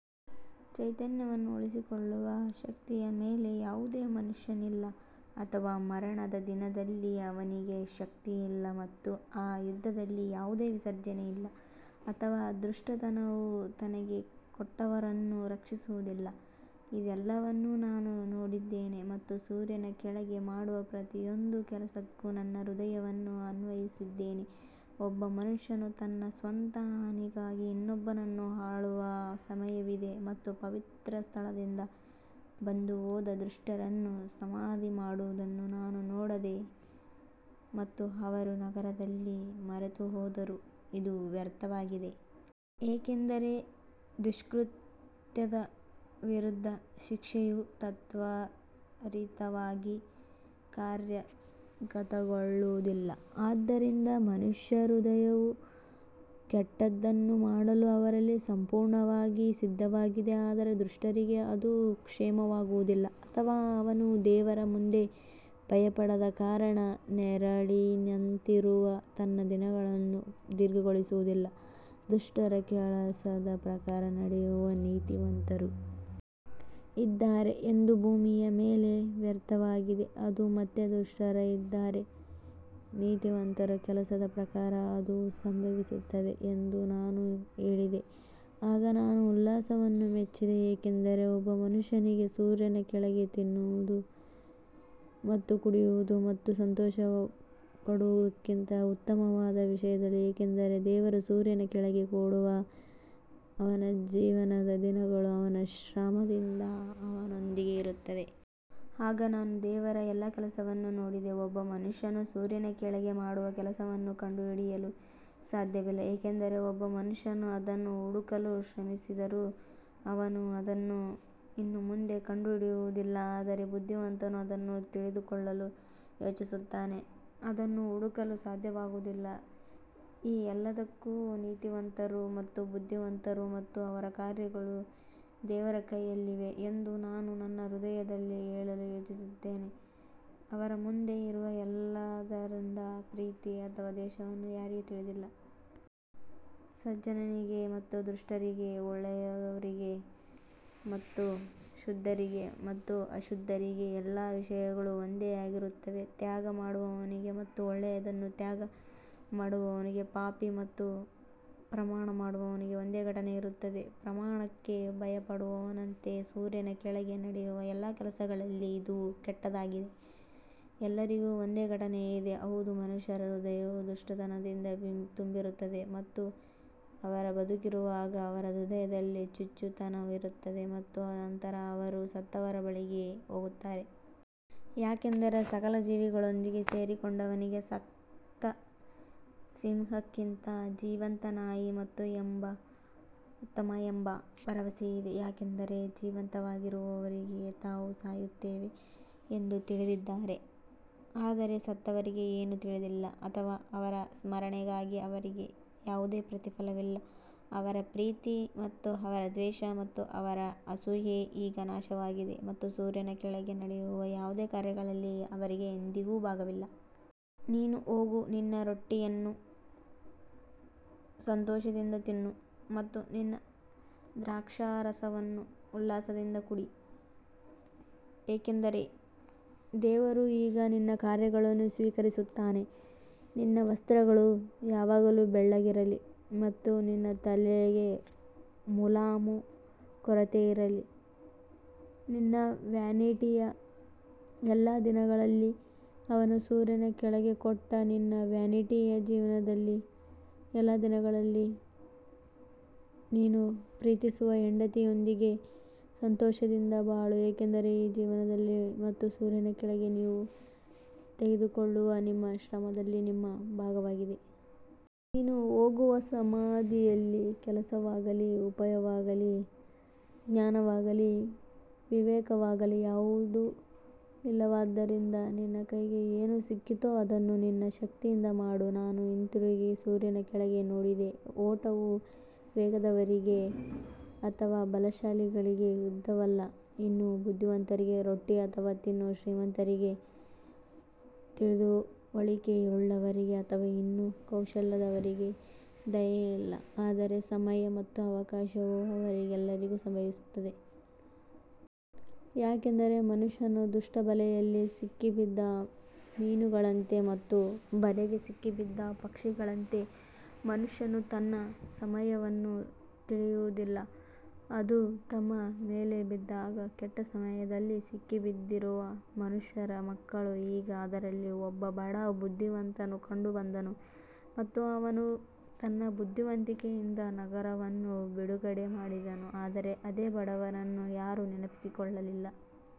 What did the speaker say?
ಚೈತನ್ಯವನ್ನು ಉಳಿಸಿಕೊಳ್ಳುವ ಶಕ್ತಿಯ ಮೇಲೆ ಯಾವುದೇ ಮನುಷ್ಯನಿಲ್ಲ ಅಥವಾ ಮರಣದ ದಿನದಲ್ಲಿ ಅವನಿಗೆ ಶಕ್ತಿಯಿಲ್ಲ ಮತ್ತು ಆ ಯುದ್ಧದಲ್ಲಿ ಯಾವುದೇ ವಿಸರ್ಜನೆ ಇಲ್ಲ ಅಥವಾ ದುಷ್ಟತನವು ತನಗೆ ಕೊಟ್ಟವರನ್ನು ರಕ್ಷಿಸುವುದಿಲ್ಲ ಇದೆಲ್ಲವನ್ನೂ ನಾನು ನೋಡಿದ್ದೇನೆ ಮತ್ತು ಸೂರ್ಯನ ಕೆಳಗೆ ಮಾಡುವ ಪ್ರತಿಯೊಂದು ಕೆಲಸಕ್ಕೂ ನನ್ನ ಹೃದಯವನ್ನು ಅನ್ವಯಿಸಿದ್ದೇನೆ, ಒಬ್ಬ ಮನುಷ್ಯನು ತನ್ನ ಸ್ವಂತ ಹಾನಿಗಾಗಿ ಇನ್ನೊಬ್ಬನನ್ನು ಆಳುವ ಸಮಯವಿದೆ ಮತ್ತು ಪವಿತ್ರ ಸ್ಥಳದಿಂದ ಬಂದು ಹೋದ ದುಷ್ಟರನ್ನು ಸಮಾಧಿ ಮಾಡುವುದನ್ನು ನಾನು ನೋಡಿದೆ ಮತ್ತು ಅವರು ನಗರದಲ್ಲಿ ಮರೆತುಹೋದರು, ಇದು ವ್ಯರ್ಥವಾಗಿದೆ. ಏಕೆಂದರೆ ದುಷ್ಕೃತ್ಯದ ವಿರುದ್ಧ ಶಿಕ್ಷೆಯು ತ್ವರಿತವಾಗಿ ಕಾರ್ಯಗತಗೊಳ್ಳುವುದಿಲ್ಲ, ಆದ್ದರಿಂದ ಮನುಷ್ಯರ ಹೃದಯವು ಕೆಟ್ಟದ್ದನ್ನು ಮಾಡಲು ಅವರಲ್ಲಿ ಸಂಪೂರ್ಣವಾಗಿ ಸಿದ್ಧವಾಗಿದೆ. ಆದರೆ ದುಷ್ಟರಿಗೆ ಅದು ಕ್ಷೇಮವಾಗುವುದಿಲ್ಲ ಅಥವಾ ಅವನು ದೇವರ ಮುಂದೆ ಭಯಪಡದ ಕಾರಣ ನೆರಳಿನಂತಿರುವ ತನ್ನ ದಿನಗಳನ್ನು ದೀರ್ಘಗೊಳಿಸುವುದಿಲ್ಲ. ದುಷ್ಟರ ಕೆಲಸದ ಪ್ರಕಾರ ನಡೆಯುವ ನೀತಿವಂತರು ಇದ್ದಾರೆ ಎಂದು ಭೂಮಿಯ ಮೇಲೆ ವ್ಯರ್ಥವಾಗಿದೆ, ಅದು ಮತ್ತೆ ದುಷ್ಟರು ಇದ್ದಾರೆ, ನೀತಿವಂತರ ಕೆಲಸದ ಪ್ರಕಾರ ಅದು ಸಂಭವಿಸುತ್ತದೆ ಎಂದು ನಾನು ಹೇಳಿದೆ ಆಗ ನಾನು ಉಲ್ಲಾಸವನ್ನು ಮೆಚ್ಚಿದೆ ಏಕೆಂದರೆ ಒಬ್ಬ ಮನುಷ್ಯನಿಗೆ ಸೂರ್ಯನ ಕೆಳಗೆ ತಿನ್ನುವುದು ಮತ್ತು ಕುಡಿಯುವುದು ಮತ್ತು ಸಂತೋಷಪಡುವುದಕ್ಕಿಂತ ಉತ್ತಮವಾದ ವಿಷಯವಿಲ್ಲ, ಏಕೆಂದರೆ ದೇವರು ಸೂರ್ಯನ ಕೆಳಗೆ ಕೊಡುವ ಅವನ ಜೀವನದ ದಿನಗಳು ಅವನ ಶ್ರಮದಿಂದ ಅವನೊಂದಿಗೆ ಇರುತ್ತದೆ. ಆಗ ನಾನು ದೇವರ ಎಲ್ಲಾ ಕೆಲಸವನ್ನು ನೋಡಿದೆ, ಒಬ್ಬ ಮನುಷ್ಯನು ಸೂರ್ಯನ ಕೆಳಗೆ ಮಾಡುವ ಕೆಲಸವನ್ನು ಕಂಡುಹಿಡಿಯಲು ಸಾಧ್ಯವಿಲ್ಲ ಏಕೆಂದರೆ ಒಬ್ಬ ಮನುಷ್ಯನು ಅದನ್ನು ಹುಡುಕಲು ಶ್ರಮಿಸಿದರೂ ಅವನು ಅದನ್ನು ಇನ್ನೂ ಮುಂದೆ ಕಂಡುಹಿಡಿಯುವುದಿಲ್ಲ, ಆದರೆ ಬುದ್ಧಿವಂತನು ಅದನ್ನು ತಿಳಿದುಕೊಳ್ಳಲು ಯೋಚಿಸುತ್ತಾನೆ. ಅದನ್ನು ಹುಡುಕಲು ಸಾಧ್ಯವಾಗುವುದಿಲ್ಲ ಈ ಎಲ್ಲದಕ್ಕೂ ನೀತಿವಂತರು ಮತ್ತು ಬುದ್ಧಿವಂತರು ಮತ್ತು ಅವರ ಕಾರ್ಯಗಳು ದೇವರ ಕೈಯಲ್ಲಿವೆ ಎಂದು ನಾನು ನನ್ನ ಹೃದಯದಲ್ಲಿ ಹೇಳಲು ಯೋಚಿಸಿದೆ, ಅವರ ಮುಂದೆ ಇರುವ ಎಲ್ಲದರಿಂದ ಪ್ರೀತಿ ಅಥವಾ ದ್ವೇಷವನ್ನು ಯಾರೂ ತಿಳಿದಿಲ್ಲ. ಸಜ್ಜನನಿಗೆ ಮತ್ತು ದುಷ್ಟರಿಗೆ ಒಳ್ಳೆಯವರಿಗೆ ಮತ್ತು ಶುದ್ಧರಿಗೆ ಮತ್ತು ಅಶುದ್ಧರಿಗೆ ಎಲ್ಲಾ ವಿಷಯಗಳು ಒಂದೇ ಆಗಿರುತ್ತವೆ, ತ್ಯಾಗ ಮಾಡುವವನಿಗೆ ಮತ್ತು ಒಳ್ಳೆಯದನ್ನು ತ್ಯಾಗ ಮಾಡದವನಿಗೆ ಪಾಪಿ ಮತ್ತು ಪ್ರಮಾಣ ಮಾಡುವವನಿಗೆ ಒಂದೇ ಘಟನೆ ಇರುತ್ತದೆ. ಪ್ರಮಾಣಕ್ಕೆ ಭಯಪಡುವವನಂತೆ ಸೂರ್ಯನ ಕೆಳಗೆ ನಡೆಯುವ ಎಲ್ಲಾ ಕೆಲಸಗಳಲ್ಲಿ ಇದು ಕೆಟ್ಟದ್ದಾಗಿದೆ, ಎಲ್ಲರಿಗೂ ಒಂದೇ ಘಟನೆ ಇದೆ, ಹೌದು, ಮನುಷ್ಯರ ಹೃದಯವು ದುಷ್ಟತನದಿಂದ ತುಂಬಿರುತ್ತದೆ ಮತ್ತು ಅವರು ಬದುಕಿರುವಾಗ ಅವರ ಹೃದಯದಲ್ಲಿ ಹುಚ್ಚುತನವಿರುತ್ತದೆ ಮತ್ತು ನಂತರ ಅವರು ಸತ್ತವರ ಬಳಿಗೆ ಹೋಗುತ್ತಾರೆ. ಯಾಕಂದರೆ ಸಕಲ ಜೀವಿಗಳೊಂದಿಗೆ ಸೇರಿಕೊಂಡವನಿಗೆ ಸತ್ತ ಸಿಂಹಕ್ಕಿಂತ ಜೀವಂತ ನಾಯಿ ಉತ್ತಮ ಎಂಬ ಭರವಸೆ ಇದೆ ಯಾಕಂದರೆ ಜೀವಂತವಾಗಿರುವವರಿಗೆ ತಾವು ಸಾಯುತ್ತೇವೆ ಎಂದು ತಿಳಿದಿದ್ದಾರೆ ಆದರೆ ಸತ್ತವರಿಗೆ ಏನೂ ತಿಳಿದಿಲ್ಲ ಅಥವಾ ಅವರ ಸ್ಮರಣೆಗಾಗಿ ಅವರಿಗೆ ಯಾವುದೇ ಪ್ರತಿಫಲವಿಲ್ಲ ಅವರ ಪ್ರೀತಿ ಮತ್ತು ಅವರ ದ್ವೇಷ ಮತ್ತು ಅವರ ಅಸೂಯೆ ಈಗ ನಾಶವಾಗಿದೆ ಮತ್ತು ಸೂರ್ಯನ ಕೆಳಗೆ ನಡೆಯುವ ಯಾವುದೇ ಕಾರ್ಯದಲ್ಲಿ ಅವರಿಗೆ ಎಂದಿಗೂ ಭಾಗವಿಲ್ಲ. ನೀನು ಹೋಗು ನಿನ್ನ ರೊಟ್ಟಿಯನ್ನು ಸಂತೋಷದಿಂದ ತಿನ್ನು ಮತ್ತು ನಿನ್ನ ದ್ರಾಕ್ಷಾರಸವನ್ನು ಉಲ್ಲಾಸದಿಂದ ಕುಡಿಯು ಏಕೆಂದರೆ ದೇವರು ಈಗ ನಿನ್ನ ಕಾರ್ಯಗಳನ್ನು ಸ್ವೀಕರಿಸುತ್ತಾನೆ ನಿನ್ನ ವಸ್ತ್ರಗಳು ಯಾವಾಗಲೂ ಬೆಳ್ಳಗಿರಲಿ ಮತ್ತು ನಿನ್ನ ತಲೆಗೆ ಮುಲಾಮು ಕೊರತೆಯಿರಲಿ ನಿನ್ನ ವ್ಯಾನಿಟಿಯ ಎಲ್ಲಾ ದಿನಗಳಲ್ಲಿ ಅವನು ಸೂರ್ಯನ ಕೆಳಗೆ ಕೊಟ್ಟ ನಿನ್ನ ವ್ಯಾನಿಟಿಯ ಜೀವನದ ಎಲ್ಲಾ ದಿನಗಳಲ್ಲಿ ನೀನು ಪ್ರೀತಿಸುವ ಹೆಂಡತಿಯೊಂದಿಗೆ ಸಂತೋಷದಿಂದ ಬಾಳು, ಏಕೆಂದರೆ ಈ ಜೀವನದಲ್ಲಿ ಮತ್ತು ಸೂರ್ಯನ ಕೆಳಗೆ ನೀವು ತೆಗೆದುಕೊಳ್ಳುವ ನಿಮ್ಮ ಶ್ರಮದಲ್ಲಿ ನಿಮ್ಮ ಭಾಗವಾಗಿದೆ. ನೀನು ಹೋಗುವ ಸಮಾಧಿಯಲ್ಲಿ ಕೆಲಸವಾಗಲಿ, ಉಪಾಯವಾಗಲಿ, ಜ್ಞಾನವಾಗಲಿ, ವಿವೇಕವಾಗಲಿ ಯಾವುದೂ ಇಲ್ಲವಾದ್ದರಿಂದ ನಿನ್ನ ಕೈಗೆ ಏನು ಸಿಕ್ಕಿತೋ ಅದನ್ನು ನಿನ್ನ ಶಕ್ತಿಯಿಂದ ಮಾಡು. ನಾನು ಹಿಂತಿರುಗಿ ಸೂರ್ಯನ ಕೆಳಗೆ ನೋಡಿದೆ, ಓಟವು ವೇಗದವರಿಗೆ ಅಥವಾ ಬಲಶಾಲಿಗಳಿಗೆ ಯುದ್ಧವಲ್ಲ, ಇನ್ನೂ ಬುದ್ಧಿವಂತರಿಗೆ ರೊಟ್ಟಿ ಅಥವಾ ಇನ್ನೂ ಶ್ರೀಮಂತರಿಗೆ ತಿಳುವಳಿಕೆಯುಳ್ಳವರಿಗೆ ಅಥವಾ ಇನ್ನೂ ಕೌಶಲ್ಯದವರಿಗೆ ದಯೆಯಿಲ್ಲ ಆದರೆ ಸಮಯ ಮತ್ತು ಅವಕಾಶವು ಅವರೆಲ್ಲರಿಗೂ ಸಂಭವಿಸುತ್ತದೆ. ಯಾಕಂದರೆ ಮನುಷ್ಯನು ದುಷ್ಟ ಬಲೆಯಲ್ಲಿ ಸಿಕ್ಕಿಬಿದ್ದ ಮೀನುಗಳಂತೆ ಮತ್ತು ಬಲೆಗೆ ಸಿಕ್ಕಿಬಿದ್ದ ಪಕ್ಷಿಗಳಂತೆ ಮನುಷ್ಯನು ತನ್ನ ಸಮಯವನ್ನು ತಿಳಿದಿರುವುದಿಲ್ಲ, ಅದು ತಮ್ಮ ಮೇಲೆ ಬಿದ್ದಾಗ ಕೆಟ್ಟ ಸಮಯದಲ್ಲಿ ಸಿಕ್ಕಿಬಿದ್ದಿರುವ ಮನುಷ್ಯರ ಮಕ್ಕಳು ಈಗ ಅದರಲ್ಲಿ ಒಬ್ಬ ಬಡ ಬುದ್ಧಿವಂತನು ಕಂಡುಬಂದನು ಮತ್ತು ಅವನು ತನ್ನ ಬುದ್ಧಿವಂತಿಕೆಯಿಂದ ನಗರವನ್ನು ಬಿಡುಗಡೆ ಮಾಡಿದನು, ಆದರೆ ಅದೇ ಬಡವನನ್ನು ಯಾರೂ ನೆನಪಿಸಿಕೊಳ್ಳಲಿಲ್ಲ.